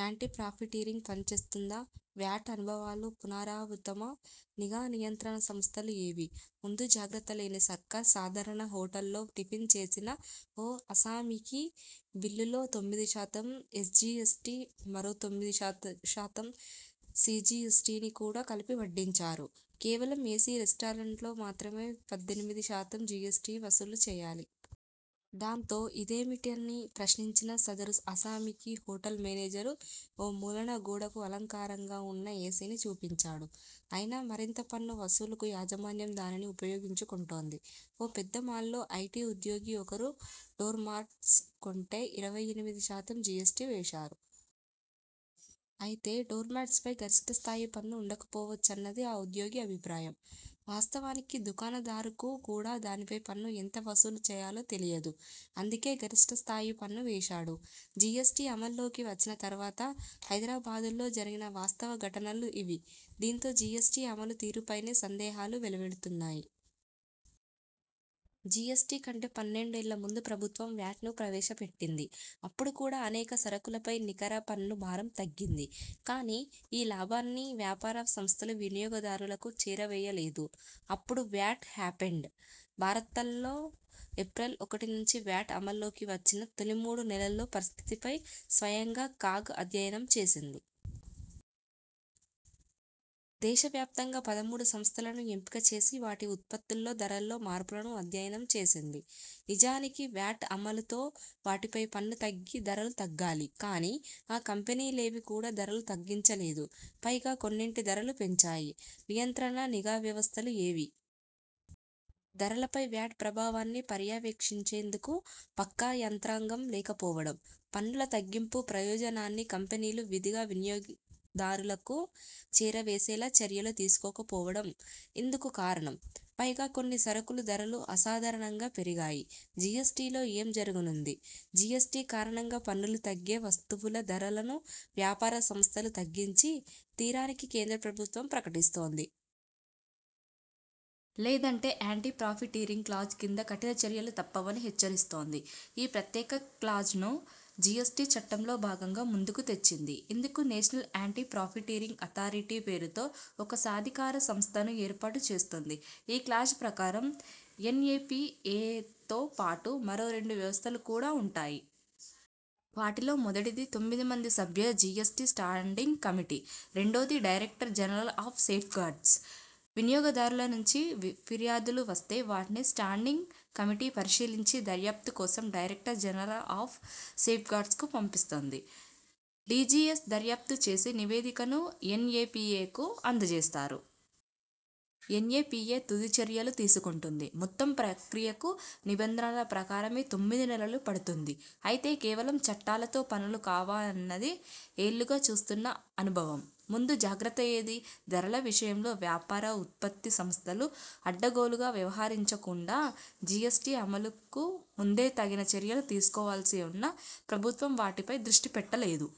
Anti profiteering పని చేస్తుందా? VAT అనుభవాలు పునరావృతమా! నిఘా, నియంత్రణ సంస్థలు ఏవీ!? ముందు జాగ్రత్త లేని సర్కార్ సాధారణ హోటల్లో టిఫిన్ చేసిన ఓ ఆసామికి బిల్లులో తొమ్మిది శాతం ఎస్జీఎస్టీ మరో తొమ్మిది శాతం సీజీఎస్టీని కూడా కలిపి వడ్డించారు. కేవలం ఏసీ రెస్టారెంట్లలో మాత్రమే పద్దెనిమిది శాతం జీఎస్టీని వసూలు చేయాలి. దాంతో, ఇదేమిటని ప్రశ్నించిన సదరు ఆసామికి హోటల్ మేనేజర్ ఓ మూలన గోడకు అలంకారంగా ఉన్న ఏసీని చూపించాడు. అయినా, మరింత పన్ను వసూలుకు యాజమాన్యం దానిని ఉపయోగించుకుంటోంది. ఓ పెద్ద మాల్లో ఐటీ ఉద్యోగి ఒకరు డోర్మ్యాట్స్ కొంటే ఇరవై ఎనిమిది శాతం జీఎస్టీ వేశారు. అయితే, డోర్మ్యాట్స్పై గరిష్ఠ స్థాయి పన్ను ఉండకపోవచ్చన్నది ఆ ఉద్యోగి అభిప్రాయం. వాస్తవానికి, దుకాణదారుకు కూడా దానిపై పన్ను ఎంత వసూలు చేయాలో తెలియదు. అందుకే గరిష్ఠ స్థాయి పన్ను వేశాడు. జీఎస్టీ అమల్లోకి వచ్చిన తర్వాత హైదరాబాద్లో జరిగిన వాస్తవ ఘటనలు ఇవి. దీంతో జీఎస్టీ అమలు తీరుపైనే సందేహాలు వెల్లువెత్తుతున్నాయి. జీఎస్టీ కంటే పన్నెండుఏళ్ల ముందు ప్రభుత్వం వ్యాట్ను ప్రవేశపెట్టింది. అప్పుడు కూడా అనేక సరుకులపై నికర పన్ను భారం తగ్గింది. కానీ, ఈ లాభాన్ని వ్యాపార సంస్థలు వినియోగదారులకు చేరవేయలేదు. అప్పుడు 'వ్యాట్' హ్యాపెండ్? భారత్లో ఏప్రిల్ ఒకటి నుంచి వ్యాట్ అమల్లోకివచ్చిన తొలి మూడు నెలల్లో పరిస్థితిపై స్వయంగా కాగ్ అధ్యయనం చేసింది. దేశవ్యాప్తంగా పదమూడు సంస్థలను ఎంపిక చేసి, వాటి ఉత్పత్తుల ధరల్లో మార్పులను అధ్యయనం చేసింది. నిజానికి, వ్యాట్ అమలుతో వాటిపై పన్ను తగ్గి ధరలు తగ్గాలి. కానీ, ఆ కంపెనీ లేవీ కూడా ధరలు తగ్గించలేదు. పైగా కొన్నింటి ధరలు పెంచాయి. నియంత్రణ, నిఘా వ్యవస్థలు ఏవీ!? ధరలపై వ్యాట్ ప్రభావాన్ని పర్యవేక్షించేందుకు పక్కా యంత్రాంగం లేకపోవడం, పన్నుల తగ్గింపు ప్రయోజనాన్ని కంపెనీలు విధిగా వినియోగదారులకు చేరవేసేలా చర్యలు తీసుకోకపోవడం ఇందుకు కారణం. పైగా కొన్ని సరుకుల ధరలు అసాధారణంగా పెరిగాయి. జీఎస్టీలో ఏం జరగనుంది!? జీఎస్టీ కారణంగా పన్నులు తగ్గే వస్తువుల ధరలను వ్యాపార సంస్థలు తగ్గించి తీరాలని కేంద్ర ప్రభుత్వం ప్రకటిస్తోంది. లేదంటే, 'యాంటీ ప్రాఫిటీరింగ్' క్లాజ్ కింద కఠిన చర్యలు తప్పవని హెచ్చరిస్తోంది. ఈ ప్రత్యేక క్లాజ్ను జీఎస్టీ చట్టంలో భాగంగా ముందుకు తెచ్చింది. ఇందుకు 'నేషనల్ యాంటీ ప్రాఫిటీరింగ్ అథారిటీ' పేరుతో ఒక సాధికార సంస్థను ఏర్పాటు చేస్తుంది. ఈ క్లాజ్ ప్రకారం, ఎన్ఏపీఏతోపాటు మరో రెండు వ్యవస్థలు కూడా ఉంటాయి. వాటిలో మొదటిది తొమ్మిది మంది సభ్య జీఎస్టీ స్టాండింగ్ కమిటీ. రెండోది, డైరెక్టర్ జనరల్ ఆఫ్ సేఫ్గార్డ్స్. వినియోగదారుల నుంచి ఫిర్యాదులు వస్తే, వాటిని స్టాండింగ్ కమిటీ పరిశీలించి దర్యాప్తు కోసం డైరెక్టర్ జనరల్ ఆఫ్ సేఫ్గార్డ్స్కు పంపిస్తుంది. డీజీఎస్ దర్యాప్తు చేసి నివేదికను ఎన్ఏపీఏకు అందజేస్తారు. ఎన్ఏపీఏ తుది చర్యలు తీసుకుంటుంది. మొత్తం ప్రక్రియకు నిబంధనల ప్రకారమే తొమ్మిది నెలలు పడుతుంది. అయితే, కేవలం చట్టాలతో పనులు కావన్నది ఏళ్లుగా చూస్తున్న అనుభవం. ముందు జాగ్రత్త ఏదీ? ధరల విషయంలో వ్యాపార, ఉత్పత్తి సంస్థలు అడ్డగోలుగా వ్యవహరించకుండా జీఎస్టీ అమలుకు ముందే తగిన చర్యలు తీసుకోవాల్సి ఉన్నా, ప్రభుత్వం వాటిపై దృష్టి పెట్టలేదు.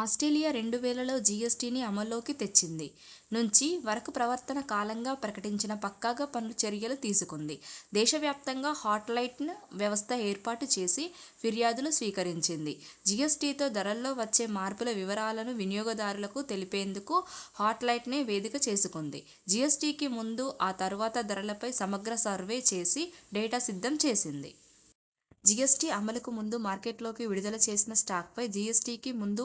ఆస్ట్రేలియా రెండు వేలలో జీఎస్టీని అమల్లోకి తెచ్చింది. నుంచి వరకూ పరివర్తన కాలంగా ప్రకటించి పక్కాగా పలు చర్యలు తీసుకుంది. దేశవ్యాప్తంగా హాట్లైన్ వ్యవస్థ ఏర్పాటు చేసి ఫిర్యాదులు స్వీకరించింది. జీఎస్టీతో ధరల్లో వచ్చే మార్పుల వివరాలను వినియోగదారులకు తెలిపేందుకు హాట్లైన్నే వేదిక చేసుకుంది. జీఎస్టీకి ముందు, ఆ తర్వాత ధరలపై సమగ్ర సర్వే చేసి డేటా సిద్ధం చేసింది. జీఎస్టీ అమలుకు ముందు మార్కెట్లోకి విడుదల చేసిన స్టాక్పై 'జీఎస్టీకి ముందు'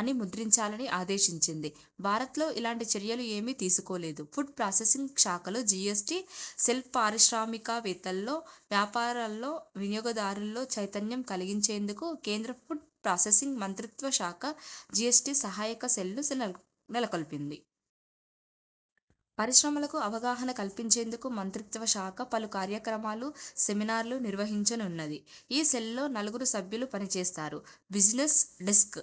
అని ముద్రించాలని ఆదేశించింది. భారత్లో ఇలాంటి చర్యలు ఏమీ తీసుకోలేదు. ఫుడ్ ప్రాసెసింగ్ శాఖలో జీఎస్టీ సెల్పారిశ్రామికవేత్తల్లో, వ్యాపారుల్లో, వినియోగదారుల్లో చైతన్యం కలిగించేందుకు కేంద్ర ఫుడ్ ప్రాసెసింగ్ మంత్రిత్వశాఖ జీఎస్టీ సహాయక సెల్ను నెలకొల్పింది. పరిశ్రమలకు అవగాహన కల్పించేందుకు మంత్రిత్వశాఖ పలు కార్యక్రమాలు, సెమినార్లు నిర్వహించనున్నది. ఈ సెల్లో నలుగురు సభ్యులు పని చేస్తారు. Business desk